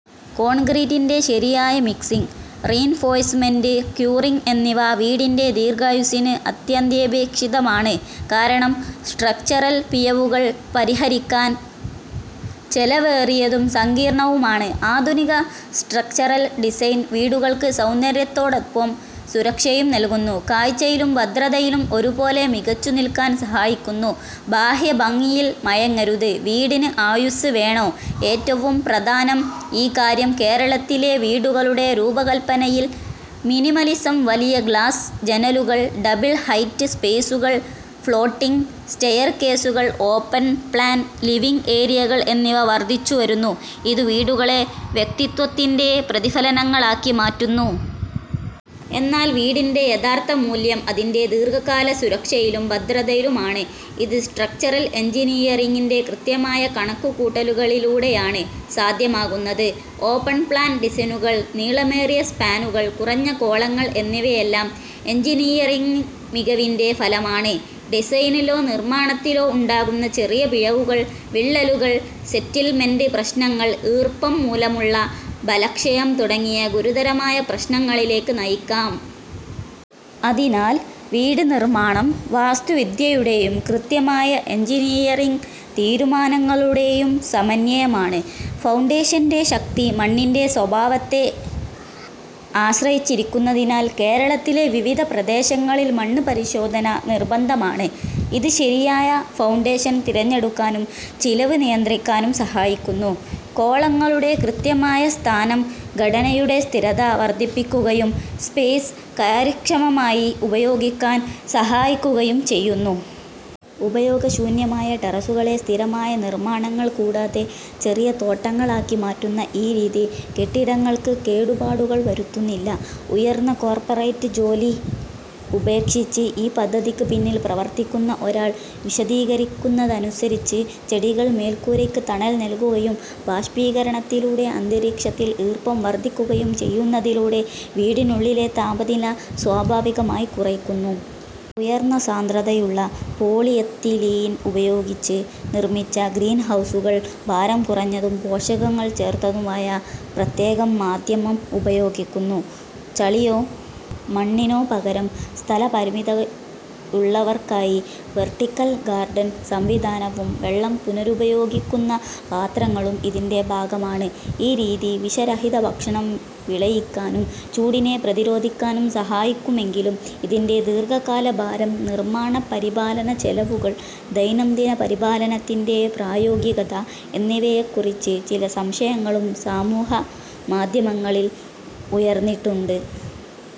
കോൺക്രീറ്റിന്റെ ശരിയായ mixing, reinforcement, curing എന്നിവ വീടിന്റെ ദീർഘായുസ്സിന് അത്യന്താപേക്ഷിതമാണ്, കാരണം സ്ട്രക്ചറൽ പിഴവുകൾ പരിഹരിക്കാൻ ചെലവേറിയതും സങ്കീർണ്ണവുമാണ്. ആധുനിക സ്ട്രക്ചറൽ ഡിസൈൻ വീടുകൾക്ക് സൗന്ദര്യത്തോടൊപ്പം സുരക്ഷയും നൽകുന്നു, കാഴ്ചയിലും ഭദ്രതയിലും ഒരുപോലെ മികച്ചുനിൽക്കാൻ സഹായിക്കുന്നു. ബാഹ്യഭംഗിയിൽ മയങ്ങരുത്: വീടിന് ആയുസ്സ് വേണോ? ഏറ്റവും പ്രധാനം ഈ കാര്യം കേരളത്തിലെ വീടുകളുടെ രൂപകൽപ്പനയിൽ മിനിമലിസം, വലിയ ഗ്ലാസ് ജനലുകൾ, ഡബിൾ-ഹൈറ്റ് സ്പേസുകൾ, ഫ്ലോട്ടിങ് സ്റ്റെയർകേസുകൾ, ഓപ്പൺ-പ്ലാൻ ലിവിങ് ഏരിയകൾ എന്നിവ വർദ്ധിച്ചുവരുന്നു, ഇത് വീടുകളെ വ്യക്തിത്വത്തിന്റെ പ്രതിഫലനങ്ങളാക്കി മാറ്റുന്നു. എന്നാൽ വീടിന്റെ യഥാർത്ഥ മൂല്യം അതിന്റെ ദീർഘകാല സുരക്ഷയിലും ഭദ്രതയിലുമാണ്, ഇത് സ്ട്രക്ചറൽ എൻജിനീയറിംഗിന്റെ കൃത്യമായ കണക്കുകൂട്ടലുകളിലൂടെയാണ് സാധ്യമാകുന്നത്. ഓപ്പൺ-പ്ലാൻ ഡിസൈനുകൾ, നീളമേറിയ സ്പാനുകൾ, കുറഞ്ഞ കോളങ്ങൾ എന്നിവയെല്ലാം എൻജിനീയറിംഗ് മികവിന്റെ ഫലമാണ്; ഡിസൈനിലോ നിർമ്മാണത്തിലോ ഉണ്ടാകുന്ന ചെറിയ പിഴവുകൾ വിള്ളലുകൾ, സെറ്റിൽമെന്റ് പ്രശ്നങ്ങൾ, ഈർപ്പം മൂലമുള്ള ബലക്ഷയം തുടങ്ങിയ ഗുരുതരമായ പ്രശ്നങ്ങളിലേക്ക് നയിക്കാം. അതിനാൽ, വീട് നിർമ്മാണം വാസ്തുവിദ്യയുടെയും കൃത്യമായ എഞ്ചിനീയറിംഗ് തീരുമാനങ്ങളുടെയും സമന്വയമാണ്. ഫൗണ്ടേഷന്റെ ശക്തി മണ്ണിന്റെ സ്വഭാവത്തെ ആശ്രയിച്ചിരിക്കുന്നതിനാൽ, കേരളത്തിലെ വിവിധ പ്രദേശങ്ങളിൽ മണ്ണ് പരിശോധന നിർബന്ധമാണ്, ഇത് ശരിയായ ഫൗണ്ടേഷൻ തിരഞ്ഞെടുക്കാനും ചെലവ് നിയന്ത്രിക്കാനും സഹായിക്കുന്നു. കോളങ്ങളുടെ കൃത്യമായ സ്ഥാനം ഘടനയുടെ സ്ഥിരത വർദ്ധിപ്പിക്കുകയും സ്പേസ് കാര്യക്ഷമമായി ഉപയോഗിക്കാൻ സഹായിക്കുകയും ചെയ്യുന്നു. ഉപയോഗശൂന്യമായ ടെറസുകളെ സ്ഥിരമായ നിർമ്മാണങ്ങൾ കൂടാതെ ചെറിയ തോട്ടങ്ങളാക്കി മാറ്റുന്ന ഈ രീതി, കെട്ടിടങ്ങൾക്ക് കേടുപാടുകൾ വരുത്തുന്നില്ല. ഉയർന്ന കോർപ്പറേറ്റ് ജോലി ഉപേക്ഷിച്ച് ഈ പദ്ധതിക്ക് പിന്നിൽ പ്രവർത്തിക്കുന്ന ഒരാൾ വിശദീകരിക്കുന്നതനുസരിച്ച്, ചെടികൾ മേൽക്കൂരയ്ക്ക് തണൽ നൽകുകയും ബാഷ്പീകരണത്തിലൂടെ അന്തരീക്ഷത്തിൽ ഈർപ്പം വർദ്ധിപ്പിക്കുകയും ചെയ്യുന്നതിലൂടെ വീടിനുള്ളിലെ താപനില സ്വാഭാവികമായി കുറയ്ക്കുന്നു. ഉയർന്ന സാന്ദ്രതയുള്ള പോളിയെത്തിലീൻ ഉപയോഗിച്ച് നിർമ്മിച്ച ഗ്രീൻഹൗസുകൾ, ഭാരം കുറഞ്ഞതും പോഷകങ്ങൾ ചേർത്തതുമായ പ്രത്യേക മാധ്യമം ഉപയോഗിക്കുന്നു, ചളിയോ മണ്ണിനോ പകരം. സ്ഥലപരിമിതിയുള്ളവർക്കായി വെർട്ടിക്കൽ ഗാർഡൻ സംവിധാനവും വെള്ളം പുനരുപയോഗിക്കുന്ന പാത്രങ്ങളും ഇതിന്റെ ഭാഗമാണ്. ഈ രീതി വിഷരഹിത ഭക്ഷണം വിളയിക്കാനും ചൂടിനെ പ്രതിരോധിക്കാനും സഹായിക്കുമെങ്കിലും, ഇതിന്റെ ദീർഘകാല ഭാരം, നിർമ്മാണ, പരിപാലന ചെലവുകൾ, ദൈനംദിന പരിപാലനത്തിന്റെ പ്രായോഗികത എന്നിവയെക്കുറിച്ച് ചില സംശയങ്ങളും സമൂഹമാധ്യമങ്ങളിൽ ഉയർന്നിട്ടുണ്ട്.